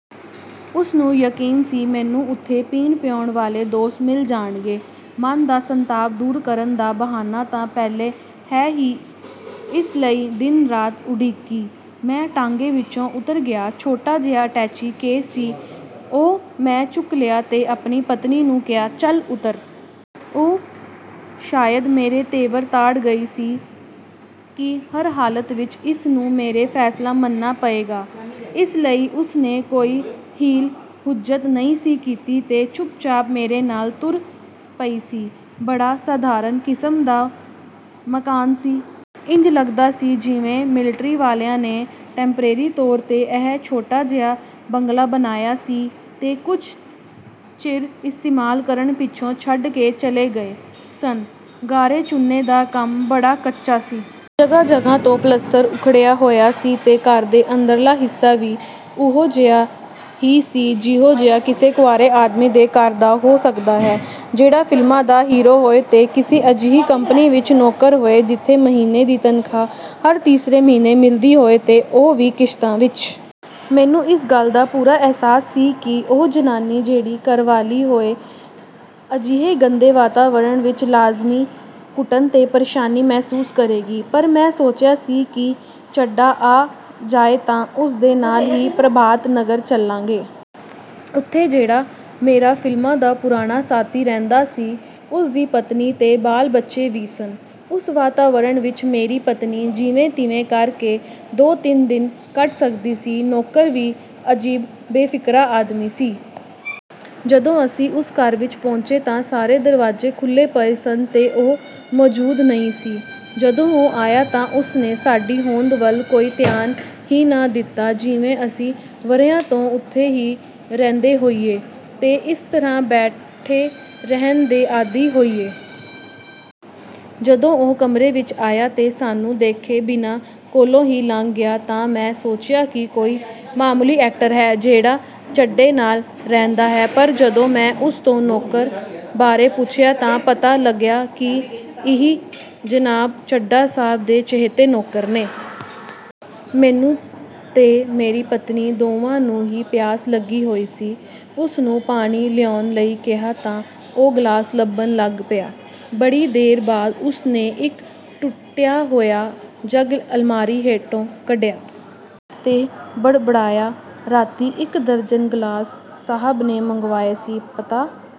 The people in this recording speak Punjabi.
ਉਸਨੂੰ ਯਕੀਨ ਸੀ, ਮੈਨੂੰ ਉੱਥੇ ਪੀਣ-ਪਿਆਉਣ ਵਾਲੇ ਦੋਸਤ ਮਿਲ ਜਾਣਗੇ। ਮਨ ਦਾ ਸੰਤਾਪ ਦੂਰ ਕਰਨ ਦਾ ਬਹਾਨਾ ਤਾਂ ਪਹਿਲਾਂ ਹੈ ਹੀ ਇਸ ਲਈ ਦਿਨ ਰਾਤ ਉਡਿੱਗੀ। ਮੈਂ ਤਾਂਗੇ ਵਿਚੋਂ ਉਤਰ ਗਿਆ। ਛੋਟਾ ਜਿਹਾ ਅਟੈਚੀ ਕੇਸ ਸੀ, ਉਹ ਮੈਂ ਚੁੱਕ ਲਿਆ ਤੇ ਆਪਣੀ ਪਤਨੀ ਨੂੰ ਕਿਹਾ, "ਚੱਲ ਉਤਰ! " ਉਹ ਸ਼ਾਇਦ ਮੇਰੇ ਤੇਵਰ ਤਾੜ ਗਈ ਸੀ ਕਿ ਹਰ ਹਾਲਤ ਵਿਚ ਈਸਨੂੰ ਮੇਰਾ ਫ਼ੈਸਲਾ ਮੰਨਣਾ ਪਏਗਾ, ਇਸ ਲਈ ਉਸਨੇ ਕੋਈ ਹੀਲ-ਹੁੱਜਤ ਨਹੀਂ ਸੀ ਕੀਤੀ ਤੇ ਚੁੱਪਚਾਪ ਮੇਰੇ ਨਾਲ ਤੁਰ ਪਈ ਸੀ। ਬੜਾ ਸਾਧਾਰਣ ਕਿਸਮ ਦਾ ਮਕਾਨ ਸੀ। ਇੰਜ ਲੱਗਦਾ ਸੀ ਜਿਵੇਂ ਮਿਲਟਰੀ ਵਾਲਿਆਂ ਨੇ ਟੈਂਪਰੇਰੀ ਤੌਰ 'ਤੇ ਇਹ ਛੋਟਾ ਜਿਹਾ ਬੰਗਲਾ ਬਣਾਇਆ ਸੀ ਤੇ ਕੁਝ ਚਿਰ ਇਸਤੇਮਾਲ ਕਰਨ ਪਿੱਛੋਂ ਛੱਡ ਕੇ ਚਲੇ ਗਏ ਸਨ। ਗਾਰੇ-ਚੂਨੇ ਦਾ ਕੰਮ ਬੜਾ ਕੱਚਾ ਸੀ। ਜਗ੍ਹਾ-ਜਗ੍ਹਾ ਤੋਂ ਪਲਸਤਰ ਉੱਖੜਿਆ ਹੋਇਆ ਸੀ ਤੇ ਘਰ ਦੇ ਅੰਦਰਲਾ ਹਿੱਸਾ ਵੀ ਓਹੋ-ਜਿਹਾ ਹੀ ਸੀ ਜਿਹੋ-ਜਿਹਾ ਕਿਸੇ ਕੁਆਰੇ ਆਦਮੀ ਦੇ ਘਰ ਦਾ ਹੋ ਸਕਦਾ ਹੈ, ਜਿਹੜਾ ਫ਼ਿਲਮਾਂ ਦਾ ਹੀਰੋ ਹੋਏ ਤੇ ਕਿਸੇ ਅਜਿਹੀ ਕੰਪਨੀ ਵਿਚ ਨੌਕਰ ਹੋਏ, ਜਿੱਥੇ ਮਹੀਨੇ ਦੀ ਤਨਖ਼ਾਹ ਹਰ ਤੀਸਰੇ ਮਹੀਨੇ ਮਿਲਦੀ ਹੋਏ ਤੇ ਉਹ ਵੀ ਕਿਸ਼ਤਾਂ ਵਿਚ। ਮੈਨੂੰ ਇਸ ਗੱਲ ਦਾ ਪੂਰਾ ਅਹਿਸਾਸ ਸੀ ਕਿ ਉਹ ਜ਼ਨਾਨੀ ਜਿਹੜੀ ਘਰਵਾਲੀ ਹੋਏ ਅਜਿਹੇ ਗੰਦੇ ਵਾਤਾਵਰਣ ਵਿਚ ਲਾਜ਼ਮੀਂ ਘੁਟਨ ਤੇ ਪ੍ਰੇਸ਼ਾਨੀ ਮਹਿਸੂਸ ਕਰੇਗੀ। ਪਰ ਮੈਂ ਸੋਚਿਆ ਸੀ ਕਿ ਚੱਡਾ ਆ ਜਾਏ ਤਾਂ ਉਸਦੇ ਨਾਲ ਹੀ ਪ੍ਰਭਾਤ ਨਗਰ ਚੱਲਾਂਗੇ। ਉੱਥੇ ਜਿਹੜਾ ਮੇਰਾ ਫ਼ਿਲਮਾਂ ਦਾ ਪੁਰਾਣਾ ਸਾਥੀ ਰਹਿੰਦਾ ਸੀ, ਉਸਦੀ ਪਤਨੀ ਤੇ ਬਾਲ-ਬੱਚੇ ਵੀ ਸਨ। ਉਸ ਵਾਤਾਵਾਰਣ ਵਿਚ ਮੇਰੀ ਪਤਨੀ ਜਿਵੇਂ-ਤਿਵੇਂ ਕਰਕੇ ਦੋ-ਤਿੰਨ ਦਿਨ ਕੱਟ ਸਕਦੀ ਸੀ। ਨੌਕਰ ਵੀ ਅਜੀਬ ਬੇਫਿਕਰਾ ਆਦਮੀ ਸੀ। ਜਦੋਂ ਅਸੀਂ ਉਸ ਘਰ ਵਿਚ ਪਹੁੰਚੇ ਤਾਂ ਸਾਰੇ ਦਰਵਾਜ਼ੇ ਖੁੱਲ੍ਹੇ ਪਏ ਸਨ ਤੇ ਉਹ ਮੌਜ਼ੂਦ ਨਹੀਂ ਸੀ। ਜਦੋਂ ਉਹ ਆਇਆ ਤਾਂ ਉਸਨੇ ਸਾਡੀ ਹੋਂਦ ਵੱਲ ਕੋਈ ਧਿਆਨ ਹੀ ਨਾ ਦਿੱਤਾ, ਜਿਵੇਂ ਅਸੀਂ ਵਰ੍ਹਿਆਂ ਤੋਂ ਉੱਥੇ ਹੀ ਰਹਿੰਦੇ ਹੋਈਏ ਤੇ ਇਸੇ ਤਰ੍ਹਾਂ ਬੈਠੇ ਰਹਿਣ ਦੇ ਆਦੀ ਹੋਈਏ। ਜਦੋਂ ਉਹ ਕਮਰੇ ਵਿਚ ਆਇਆ ਤੇ ਸਾਨੂੰ ਦੇਖੇ ਬਿਨਾਂ ਕੋਲੋਂ ਦੀ ਲੰਘ ਗਿਆ ਤਾਂ ਮੈਂ ਸੋਚਿਆ ਕਿ ਕੋਈ ਮਾਮੂਲੀ ਐਕਟਰ ਹੈ, ਜਿਹੜਾ ਚੱਡੇ ਨਾਲ ਰਹਿੰਦਾ ਹੈ। ਪਰ ਜਦੋਂ ਮੈਂ ਉਸ ਤੋਂ ਨੌਕਰ ਬਾਰੇ ਪੁੱਛਿਆ ਤਾਂ ਪਤਾ ਲੱਗਿਆ ਕਿ ਇਹੀ ਜਨਾਬ, ਚੱਡਾ ਸਾਹਬ ਦੇ ਚਹੇਤੇ ਨੌਕਰ ਨੇ। ਮੈਨੂੰ ਤੇ ਮੇਰੀ ਪਤਨੀ ਦੋਵਾਂ ਨੂੰ ਹੀ ਪਿਆਸ ਲੱਗੀ ਹੋਈ ਸੀ। ਉਸਨੂੰ ਪਾਣੀ ਲਿਆਉਣ ਲਈ ਕਿਹਾ ਤਾਂ ਉਹ ਗ਼ਲਾਸ ਲੱਭਣ ਲੱਗ ਪਿਆ। ਬੜੀ ਦੇਰ ਬਾਅਦ ਉਸਨੇ ਇਕ ਟੁੱਟਿਆ ਹੋਇਆ ਜੱਗ ਅਲਮਾਰੀ ਹੇਠੋਂ ਕੱਢਿਆ ਤੇ ਬੜਬੜਾਇਆ, "ਰਾਤੀਂ ਇਕ ਦਰਜਨ ਗ਼ਿਲਾਸ ਸਾਹਬ ਨੇ ਮੰਗਵਾਏ ਸੀ, ਪਤਾ